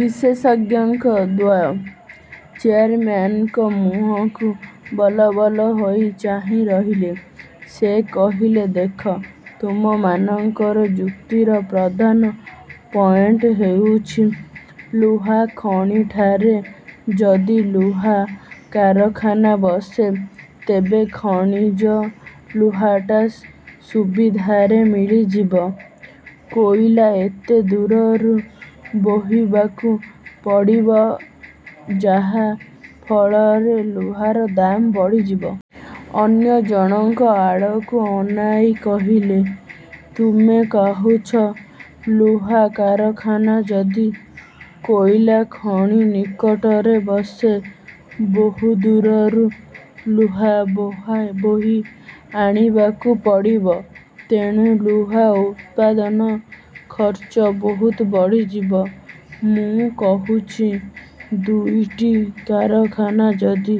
ବିଶେଷଜ୍ଞଦ୍ୱୟ ଚେୟାରମ୍ୟାନଙ୍କ ମୁହକୁ ବଲବଲ ହୋଇ ଚାହିଁ ରହିଲେ। ସେ କହିଲେ, 'ଦେଖ, ତୁମମାନଙ୍କର ଯୁକ୍ତିର ପ୍ରଧାନ ପଏଣ୍ଟ ହେଉଛି ଲୁହା ଖଣିଠାରେ ଯଦି ଲୁହା କାରଖାନା ବସେ ତେବେ ଖଣିଜ ଲୁହାଟା ସୁବିଧାରେ ମିଳିଯିବ। କୋଇଲା ଏତେ ଦୂରରୁ ବୋହିବାକୁ ପଡ଼ିବ ଯାହା ଫଳରେ ଲୁହାର ଦାମ ବଢ଼ିଯିବ। ଅନ୍ୟ ଜଣଙ୍କ ଆଡ଼କୁ ଅନାଇ କହିଲେ, 'ତୁମେ କହୁଛ ଲୁହା କାରଖାନା ଯଦି କୋଇଲାଖଣିନିକଟରେ ବସେ ବହୁ ଦୂରରୁ ଲୁହା ବୋହି ଆଣିବାକୁ ପଡ଼ିବ ତେଣୁ ଲୁହା ଉତ୍ପାଦନ ଖର୍ଚ୍ଚ ବହୁତ ବଢ଼ିଯିବ। ମୁଁ କହୁଛି ଦୁଇଟି କାରଖାନା ଯଦି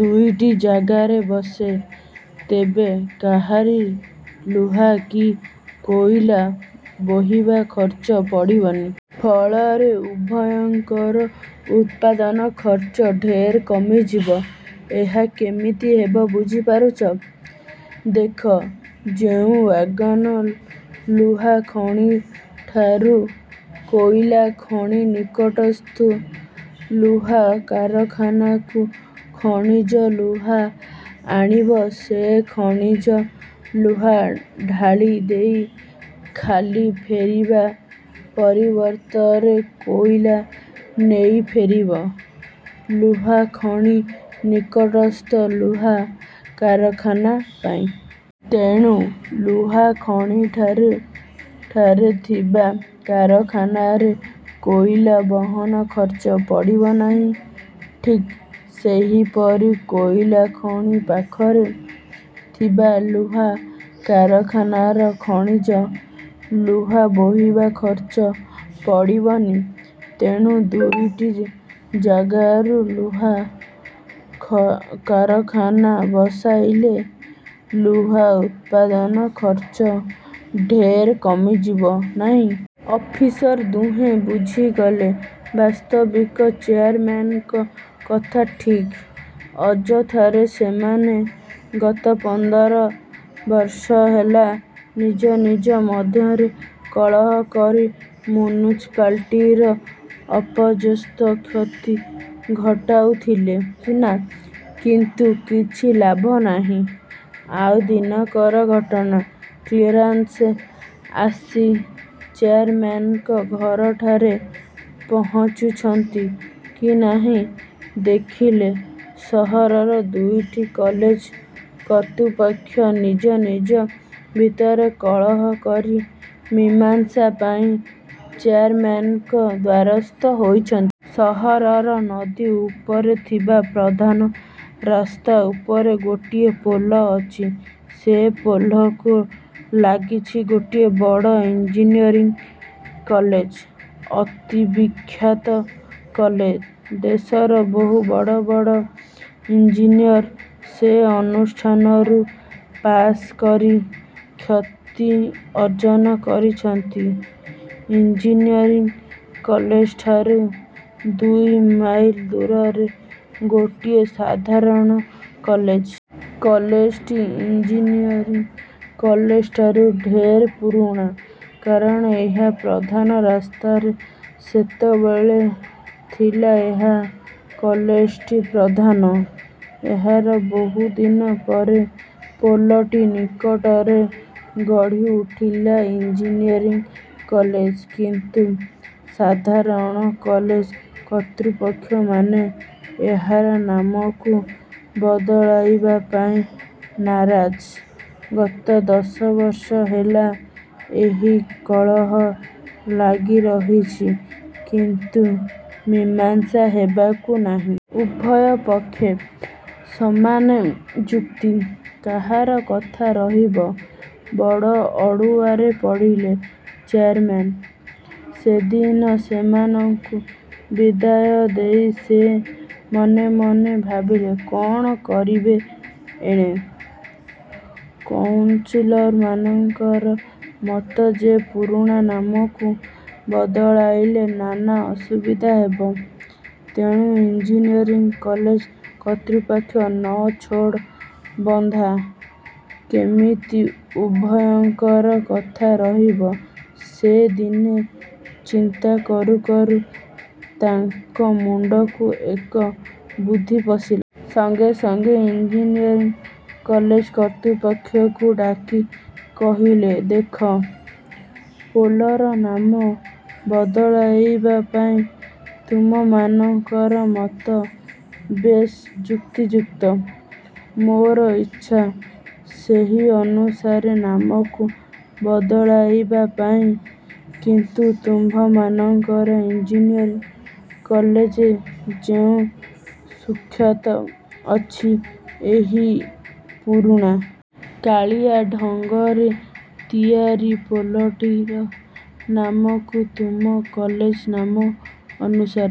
ଦୁଇଟି ଜାଗାରେ ବସେ ତେବେ କାହାରି ଲୁହା କି କୋଇଲା ବୋହିବା ଖର୍ଚ୍ଚ ପଡ଼ିବନି। ଫଳରେ ଉଭୟଙ୍କର ଉତ୍ପାଦନ ଖର୍ଚ୍ଚ ଢେର କମିଯିବ। ଏହା କେମିତି ହେବ ବୁଝିପାରୁଛ? ଦେଖ ଯେଉଁ ଓ୍ୟାଗନ ଲୁହା ଖଣିଠାରୁ କୋଇଲାଖଣିନିକଟସ୍ଥ ଲୁହା କାରଖାନାକୁ ଖଣିଜ ଲୁହା ଆଣିବ ସେ ଖଣିଜ ଲୁହା ଢାଳି ଦେଇ ଖାଲି ଫେରିବା ପରିବର୍ତ୍ତରେ କୋଇଲା ନେଇ ଫେରିବ ଲୁହା ଖଣି ନିକଟସ୍ଥ ଲୁହା କାରଖାନା ପାଇଁ। ତେଣୁ ଲୁହା ଖଣିଠାରେ ଠାରେ ଥିବା କାରଖାନାରେ କୋଇଲା ବହନ ଖର୍ଚ୍ଚ ପଡ଼ିବ ନାହିଁ। ଠିକ୍ ସେହିପରି କୋଇଲା ଖଣି ପାଖରେ ଥିବା ଲୁହା କାରଖାନାର ଖଣିଜ ଲୁହା ବୋହିବା ଖର୍ଚ୍ଚ ପଡ଼ିବନି। ତେଣୁ ଦୁଇଟି ଯାଗାରୁ ଲୁହା ଖ କାରଖାନା ବସାଇଲେ ଲୁହା ଉତ୍ପାଦନ ଖର୍ଚ୍ଚ ଢେର କମିଯିବ, ନାହିଁ? ଅଫିସର ଦୁହେଁ ବୁଝିଗଲେ। ବାସ୍ତବିକ୍ ଚେୟାରମ୍ୟାନଙ୍କ କଥା ଠିକ୍। ଅଯଥାରେ ସେମାନେ ଗତ ପନ୍ଦର ବର୍ଷ ହେଲା ନିଜ ନିଜ ମଧ୍ୟରେ କଳହ କରି ମ୍ୟୁନିସିପାଲିଟିର ଅପର୍ଯ୍ୟାପ୍ତ କ୍ଷତି ଘଟାଉଥିଲେ ସିନା, କିନ୍ତୁ କିଛି ଲାଭ ନାହିଁ। ଆଉ ଦିନକର ଘଟଣା କ୍ଳେରେନସ୍ ଆସି ଚେୟାରମେନ୍ଙ୍କ ଘରଠାରେ ପହଞ୍ଚିଛନ୍ତି କି ନାହିଁ, ଦେଖିଲେ ସହରର ଦୁଇଟି କଲେଜ କର୍ତ୍ତୁପକ୍ଷ ନିଜ ନିଜ ଭିତରେ କଳହ କରି ମୀମାଂସା ପାଇଁ ଚେୟାରମ୍ୟାନଙ୍କ ଦ୍ୱାରସ୍ଥ ହୋଇଛନ୍ତି। ସହରର ନଦୀ ଉପରେ ଥିବା ପ୍ରଧାନ ରାସ୍ତା ଉପରେ ଗୋଟିଏ ପୋଲ ଅଛି। ସେ ପୋଲକୁ ଲାଗିଛି ଗୋଟିଏ ବଡ଼ ଇଞ୍ଜିନିୟରିଂ କଲେଜ ଅତି ବିଖ୍ୟାତ କଲେଜ। ଦେଶର ବହୁ ବଡ଼ ବଡ଼ ଇଂଜିନିଅର ସେ ଅନୁଷ୍ଠାନରୁ ପାଶ କରି ଖ୍ୟାତି ଅର୍ଜ୍ଜନ କରିଛନ୍ତି। ଇଞ୍ଜିନିୟରିଂ କଲେଜଠାରୁ ଦୁଇ ମାଇଲ ଦୂରରେ ଗୋଟିଏ ସାଧାରଣ କଲେଜ। କଲେଜଟି ଇଂଜିନିଅରିଂ କଲେଜଠାରୁ ଢେର ପୁରୁଣା। କାରଣ ଏହା ପ୍ରଧାନ ରାସ୍ତାରେ ସେତେବେଳେ ଥିଲା ଏହା କଲେଜଟି ପ୍ରଧାନ। ଏହାର ବହୁଦିନ ପରେ ପୋଲଟିନିକଟରେ ଗଢ଼ି ଉଠିଲା ଇଂଜିନିଅରିଂ କଲେଜ କିନ୍ତୁ ସାଧାରଣ କଲେଜ କର୍ତ୍ତୃପକ୍ଷମାନେ ଏହାର ନାମକୁ ବଦଳାଇବା ପାଇଁ ନାରାଜ। ଗତ ଦଶବର୍ଷ ହେଲା ଏହି କଳହ ଲାଗି ରହିଛି; କିନ୍ତୁ ମୀମାଂସା ହେବାକୁ ନାହିଁ। ଉଭୟ ପକ୍ଷେ ସମାନ ଯୁକ୍ତି, କାହାର କଥା ରହିବ। ବଡ଼ ଅଡ଼ୁଆରେ ପଡ଼ିଲେ ଚେୟାରମେନ। ସେଦିନ ସେମାନଙ୍କୁ ବିଦାୟ ଦେଇ ସେ ମନେ ମନେ ଭାବିଲେ କ'ଣ କରିବେ। ଏଣେ କାଉନସିଲରମାନଙ୍କର ମତ ଯେ ପୁରୁଣା ନାମକୁ ବଦଳାଇଲେ ନାନା ଅସୁବିଧା ହେବ ତେଣେ ଇଂଜିନିଅରିଂ କଲେଜ କର୍ତ୍ତୃପକ୍ଷ ନ ଛୋଡ଼ ବନ୍ଦା କେମିତି ଉଭୟଙ୍କର କଥା ରହିବ ସେ ଦିନେ ଚିନ୍ତା କରୁ କରୁ ତାଙ୍କ ମୁଣ୍ଡକୁ ଏକ ବୁଦ୍ଧି ପଶିଲା। ସଙ୍ଗେ ସଙ୍ଗେ ଇଂଜିନିଅରିଂ କଲେଜ କର୍ତ୍ତୃପକ୍ଷଙ୍କୁ ଡାକି କହିଲେ, ଦେଖ, ପୋଲର ନାମ ବଦଳାଇବା ପାଇଁ ତୁମମାନଙ୍କର ମତ ବେଶ ଯୁକ୍ତି ଯୁକ୍ତ। ମୋର ଇଚ୍ଛା ସେହି ଅନୁସାରେ ନାମକୁ ବଦଳାଇବା ପାଇଁ। କିନ୍ତୁ ତୁମ୍ଭମାନଙ୍କର ଇଂଜିନିଅରିଂ କଲେଜ ଯେଉଁ ସୁଖ୍ୟାତ ଅଛି ଏହି ପୁରୁଣା କାଳିଆ ଢଙ୍ଗରେ ତିଆରି ପୋଲଟିର ନାମକୁ ତୁମ କଲେଜ ନାମ ଅନୁସାରେ |